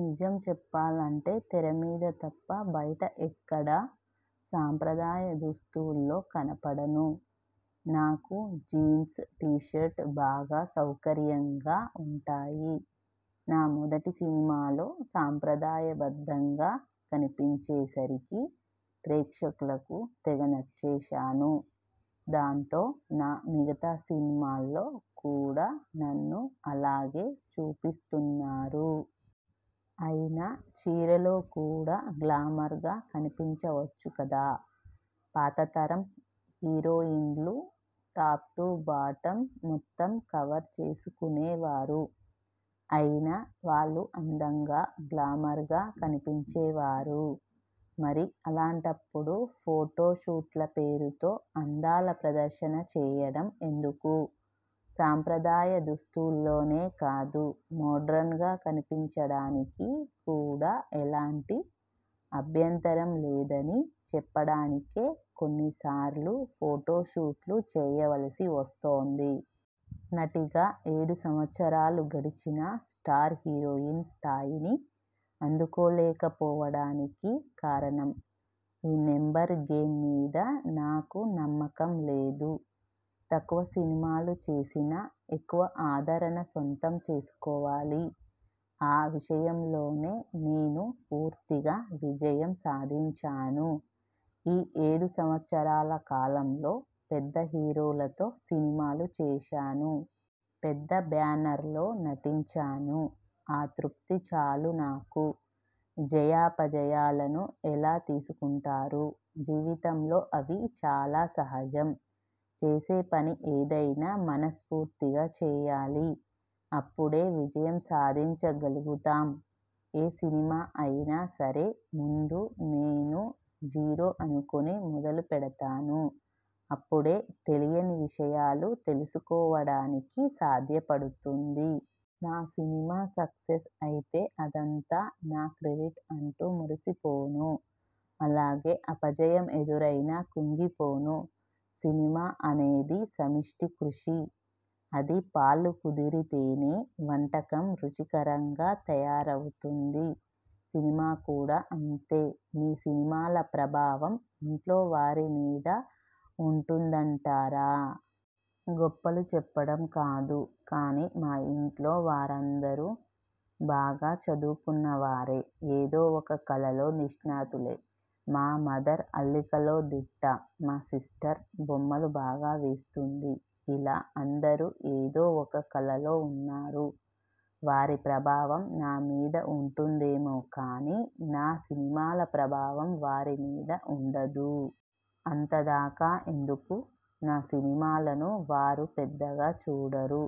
నిజం చెప్పాలంటే తెర మీద తప్ప బయట ఎక్కడా సంప్రదాయ దుస్తుల్లో కనపడను. నాకు జీన్స్ టీ షర్టు బాగా సౌకర్యంగా ఉంటాయి. నా మొదటి సినిమాలో సంప్రదాయ బద్ధంగా కనిపించే సరికి ప్రేక్షకులకు తెగ నచ్చేశాను. దాంతో నా మిగతా సినిమాల్లో కూడా నన్ను అలాగే చూపిస్తున్నారు. అయినా చీరలో కూడా గ్లామర్గా కనిపించవచ్చు కదా? పాత తరం హీరోయిన్లు టాప్ టూ బాటమ్ మొత్తం కవర్ చేసుకునే వారు. అయినా వాళ్ళు అందంగా, గ్లామర్గా కనిపించేవారు. మరి అలాంటప్పుడు ఫోటో షూట్ల పేరుతో అందాల ప్రదర్శన చేయడం ఎందుకు? సంప్రదాయ దుస్తుల్లోనే కాదు, మోడ్రన్గా కనిపించడానికి కూడా ఎలాంటి అభ్యంతరం లేదని చెప్పడానికే కొన్నిసార్లు ఫోటో షూట్లు చేయవలసి వస్తోంది. నటిగా ఏడు సంవత్సరాలు గడిచినా స్టార్ హీరోయిన్ స్థాయిని అందుకోలేకపోవడానికి కారణం? ఈ నెంబర్ గేమ్ మీద నాకు నమ్మకం లేదు. తక్కువ సినిమాలు చేసినా ఎక్కువ ఆదరణ సొంతం చేసుకోవాలి. ఆ విషయంలో నేను పూర్తిగా విజయం సాధించాను. ఈ ఏడు సంవత్సరాల కాలంలో పెద్ద హీరోలతో సినిమాలు చేశాను. పెద్ద బ్యానర్లలో నటించాను. ఆ తృప్తి చాలు నాకు. జయాపజయాలను ఎలా తీసుకుంటారు? జీవితంలో అవి చాలా సహజం. చేసే పని ఏదైనా మనస్ఫూర్తిగా చేయాలి. అప్పుడే విజయం సాధించగలుగుతాం. ఏ సినిమా అయినా సరే ముందు నేను జీరో అనుకుని మొదలుపెడతాను. అప్పుడే తెలియని విషయాలు తెలుసుకోవడానికి సాధ్యపడుతుంది. నా సినిమా సక్సెస్ అయితే అదంతా నా క్రెడిట్ అంటూ మురిసిపోను. అలాగే అపజయం ఎదురైనా కుంగిపోను. సినిమా అనేది సమష్ఠి కృషి. అన్ని పాళ్లు కుదిరితేనే వంటకం రుచికరంగా తయారవుతుంది. సినిమా కూడా అంతే! మీ సినిమాల ప్రభావం ఇంట్లో వారి మీద ఉంటుందంటారా? గొప్పలు చెప్పడం కాదు కానీ మా ఇంట్లో వారందరూ బాగా చదువుకున్నవారే! ఏదో ఒక కళలో నిష్ణాతులే! మా మదర్ అల్లికలో దిట్ట. మా సిస్టర్ బొమ్మలు బాగా వేస్తుంది. ఇలా అందరూ ఏదో ఒక కళలో ఉన్నారు. వారి ప్రభావం నా మీద ఉంటుందేమో కానీ, నా సినిమాల ప్రభావం వారి మీద ఉండదు. అంతదాకా ఎందుకు? నా సినిమాలను వారు పెద్దగా చూడరు.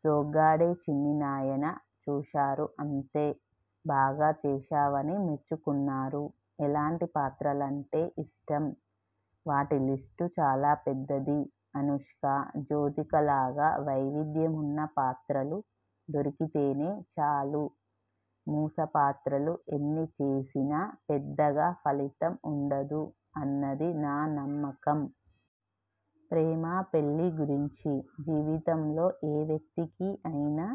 'సొగ్గాడే చిన్ని నాయనా' చూశారు అంతే! బాగా చేశావని మెచ్చుకున్నారు. ఎలాంటి పాత్రలంటే ఇష్టం? వాటి లిస్టు చాలాపెద్దది. అనుష్క, జ్యోతికలాగా వైవిధ్యమున్న పాత్రలు దొరికితే చాలు. మూస పాత్రలు ఎన్ని చేసినా పెద్దగా ఫలితం ఉండదు అన్నది నా నమ్మకం. ప్రేమా, పెళ్ళి గురించి? జీవితంలో ఏ వ్యక్తికి అయినా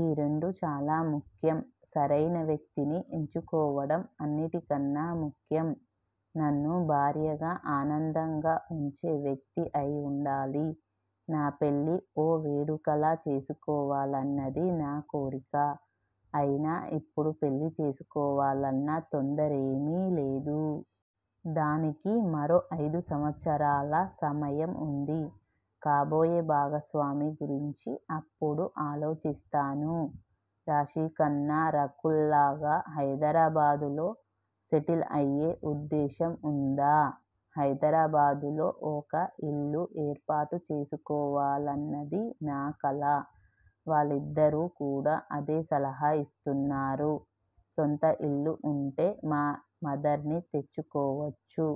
ఈ రెండు చాలా ముఖ్యం. సరైన వ్యక్తిని ఎంచుకోవడం అన్నిటికన్నా ముఖ్యం. నన్ను భార్యగా ఆనందంగా ఉంచే వ్యక్తి అయి ఉండాలి. నా పెళ్ళి ఓ వేడుకలా చేసుకోవాలన్నది నా కోరిక. అయినా ఇప్పుడే పెళ్ళి చేసుకోవాలన్న తొందరేమీ లేదు. దానికి మరో ఐదు సంవత్సరాల సమయం ఉంది. కాబోయే భాగస్వామి గురించి అప్పుడు ఆలోచిస్తాను. రాశీఖన్నా, రకూల్లాగా హైదరాబాదులో సెటిల్ అయ్యే ఉద్దేశం ఉందా? హైదరాబాదులో ఒక ఇల్లు ఏర్పాటు చేసుకోవాలన్నది నా కల. వాళ్ళిద్దరూ కూడా అదే సలహా ఇస్తున్నారు. సొంత ఇల్లు ఉంటే మా మదర్ని తెచ్చుకోవచ్చు.